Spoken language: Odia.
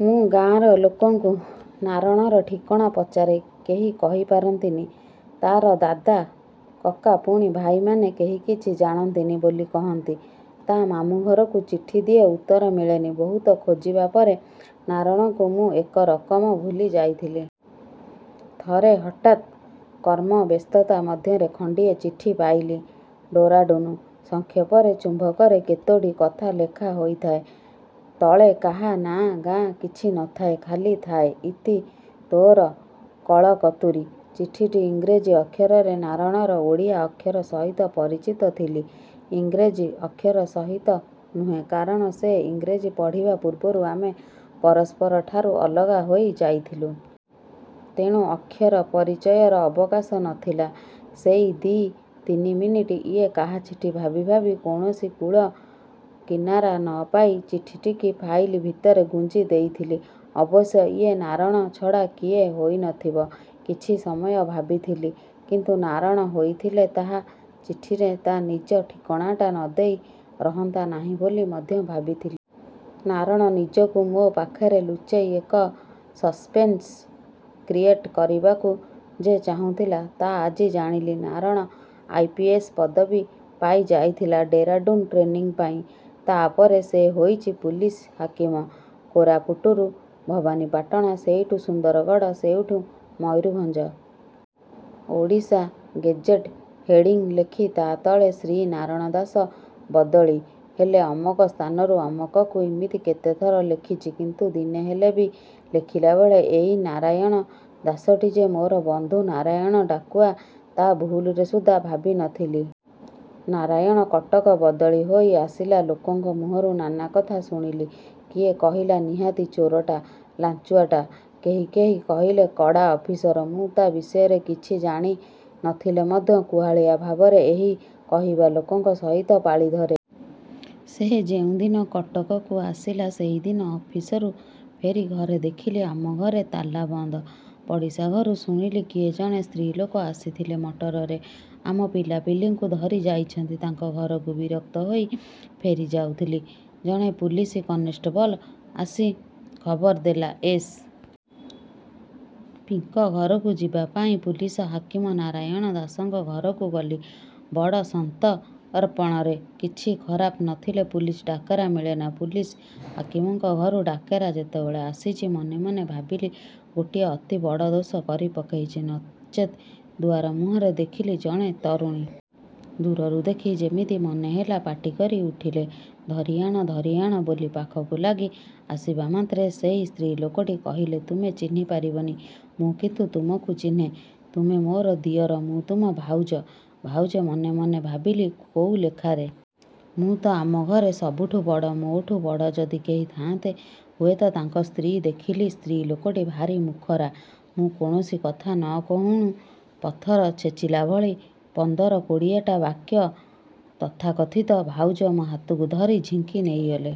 ମୁଁ ଗାଁର ଲୋକଙ୍କୁ ନାରଣର ଠିକଣା ପଚାରେ, କେହି କହି ପାରନ୍ତିନି ତାର ଦାଦା କକା ପୁଣି ଭାଇମାନେ କେହି କିଛି ଜାଣନ୍ତିନି ବୋଲି କହନ୍ତି। ତା ମାମୁଁ ଘରକୁ ଚିଠି ଦିଏ ଉତ୍ତର ମିଳେନି। ବହୁତ ଖୋଜିବାପରେ ନାରଣକୁ ମୁଁ ଏକ ରକମ ଭୁଲି ଯାଇଥିଲି। ଥରେ ହଠାତ୍ କର୍ମବ୍ୟସ୍ତତା ମଧ୍ୟରେ ଖଣ୍ଡିଏ ଚିଠି ପାଇଲି ଡେରାଡୁନ୍ରୁ। ସଂକ୍ଷେପରେ ଚୁମ୍ବକରେ କେତୋଟି କଥା ଲେଖା ହୋଇଥାଏ, ତଳେ କାହା ନାଁ ଗାଁ କିଛି ନ ଥାଏ ଖାଲି ଥାଏ, ଇତି ତୋର କଳକତୁରୀ। ଚିଠିଟି ଇଂରେଜୀ ଅକ୍ଷରରେ। ନାରଣର ଓଡ଼ିଆ ଅକ୍ଷର ସହିତ ପରିଚିତ ଥିଲି, ଇଂରେଜୀ ଅକ୍ଷର ସହିତ ନୁହେଁ, କାରଣ ସେ ଇଂରେଜୀ ପଢ଼ିବା ପୂର୍ବରୁ ଆମେ ପରସ୍ପରଠାରୁ ଅଲଗା ହୋଇ ଯାଇଥିଲୁ। ତେଣୁ ଅକ୍ଷର ପରିଚୟର ଅବକାଶ ନ ଥିଲା। ସେଇ ଦି ତିନିମିନିଟ ଇଏ କାହାଚିଠି ଭାବି ଭାବି କୌଣସି କୂଳ କିନାରା ନ ପାଇ ଚିଠିଟିକି ଫାଇଲ ଭିତରେ ଗୁଞ୍ଜି ଦେଇଥିଲି। ଅବଶ୍ୟ ଇଏ ନାରଣ ଛଡ଼ା କିଏ ହୋଇନଥିବ। କିଛି ସମୟ ଭାବିଥିଲି କିନ୍ତୁ ନାରଣ ହୋଇଥିଲେ ତା ଚିଠିରେ ତା ନିଜ ଠିକଣାଟା ନଦେଇ ରହନ୍ତା ନାହିଁ ବୋଲି ମଧ୍ୟ ଭାବିଥିଲି। ନାରଣ ନିଜକୁ ମୋ ପାଖରେ ଲୁଚେଇ ଏକ ସସପେନ୍ସ କ୍ରିଏଟ୍ କରିବାକୁ ଯେ ଚାହୁଁଥିଲା, ତା ଆଜି ଜାଣିଲି। ନାରଣ ଆଇ. ପି. ଏସ୍ ପଦବୀ ପାଇ ଯାଇଥିଲା, ଡେରାଡୁନ୍ ଟ୍ରେନିଂ ପାଇଁ। ତା ପରେ ସେ ହୋଇଚି ପୁଲିସ ହାକିମ, କୋରାପୁଟରୁ, ଭବାନିପାଟଣା ସେଇଠୁ ସୁନ୍ଦରଗଡ଼ ସେଇଠୁ ମୟୁରଭଞ୍ଜ। 'ଓଡ଼ିଶା ଗେଜେଟ' ହେଡ଼ିଂ ଲେଖି ତା ତଳେ "ଶ୍ରୀ ନାରଣ ଦାସ ବଦଳି, ହେଲେ ଅମକ ସ୍ଥାନରୁ ଅମକକୁ'' ଇମିତି କେତେଥର ଲେଖିଚି କିନ୍ତୁ ଦିନେହେଲେ ବି ଲେଖିଲାବେଳେ, ଏଇ ନାରାୟଣ ଦାସଟି ଯେ ମୋର ବନ୍ଧୁ ନାରାୟଣ ଡାକୁଆ, ତାହା ଭୁଲରେ ସୁଦ୍ଧା ଭାବି ନ ଥିଲି। ନାରାୟଣ କଟକ ବଦଳି ହୋଇ ଆସିଲା, ଲୋକଙ୍କ ମୁହଁରୁ ନାନା କଥା ଶୁଣିଲି। କିଏ କହିଲା ନିହାତି ଚୋରଟା, ଲାଂଚୁଆଟା। କେହି କେହି କହିଲେ କଡ଼ା ଅଫିସର। ମୁଁ ତା ବିଷୟରେ କିଛି ଜାଣି ନ ଥିଲେ ମଧ୍ୟ କୁହାଳିଆ ଭାବରେ ଏହି କହିବାଲୋକଙ୍କ ସହିତ ପାଳିଧରେ। ସେ ଯେଉଁଦିନ କଟକକୁ ଆସିଲା ସେଇଦିନ ଅଫିସରୁ ଫେରି ଘରେ ଦେଖିଲି, ଆମ ଘରେ ତାଲାବନ୍ଦ। ପଡ଼ିଶାଘରୁ ଶୁଣିଲି, କିଏ ଜଣେ ସ୍ତ୍ରୀ ଲୋକ ଆସିଥିଲେ ମଟରରେ, ଆମ ପିଲାପିଲିଙ୍କୁ ଧରି ଯାଇଛନ୍ତି, ତାଙ୍କ ଘରକୁ। ବିରକ୍ତ ହୋଇ ଫେରିଯାଉଥିଲି, ଜଣେ ପୁଲିସ କନଷ୍ଟେବଲ୍ ଆସି ଖବର ଦେଲା ଏସ୍. ପିଙ୍କ ଘରକୁ ଯିବାପାଇଁ। ପୁଲିସ ହାକିମ ନାରାୟଣ ଦାସଙ୍କ ଘରକୁ ଗଲି ବଡ଼ ସନ୍ତର୍ପଣରେ। କିଛି ଖରାପ ନଥିଲେ ପୁଲିସ ଡାକରା ମିଳେନା। ପୁଲିସ ହାକିମଙ୍କ ଘରୁ ଡାକରା ଯେତେବେଳେ ଆସିଚି, ମନେ ମନେ ଭାବିଲି, ଗୋଟାଏ ଅତି ବଡ଼ ଦୋଷ କରି ପକେଇଚି ନଚେତ୍ ଦୁଆର ମୁହଁରେ ଦେଖିଲି ଜଣେ ତରୁଣୀ। ଦୂରରୁ ଦେଖି ଯେମିତି ମନେହେଲା, ପାଟିକରି ଉଠିଲେ, ଧରିଆଣ ଧରିଆଣ ବୋଲି। ପାଖକୁ ଲାଗି ଆସିବାମାତ୍ରେ ସେଇ ସ୍ତ୍ରୀ ଲୋକଟି କହିଲେ, ତୁମେ ଚିହ୍ନି ପାରିବନି, ମୁଁ କିନ୍ତୁ ତୁମକୁ ଚିହ୍ନେ, ତୁମେ ମୋର ଦିଅର ମୁଁ ତୁମ ଭାଉଜ। ଭାଉଜ? ମନେ ମନେ ଭାବିଲି, କୋଉ ଲେଖାରେ? ମୁଁ ତ ଆମ ଘରେ ସବୁଠୁ ବଡ଼। ମୋଠୁ ବଡ଼ ଯଦି କେହି ଥାଆନ୍ତେ, ହୁଏତ ତାଙ୍କ ସ୍ତ୍ରୀ ଦେଖିଲି ସ୍ତ୍ରୀ ଲୋକଟି ଭାରି ମୁଖରା। ମୁଁ କୌଣସି କଥା ନ କହୁଣୁ ପଥର ଛେଚିଲାଭଳି ପନ୍ଦର କୋଡ଼ିଏଟା ବାକ୍ୟ ତଥାକଥିତ ଭାଉଜ ମୋ ହାତକୁ ଧରି ଝିଙ୍କି ନେଇଗଲେ।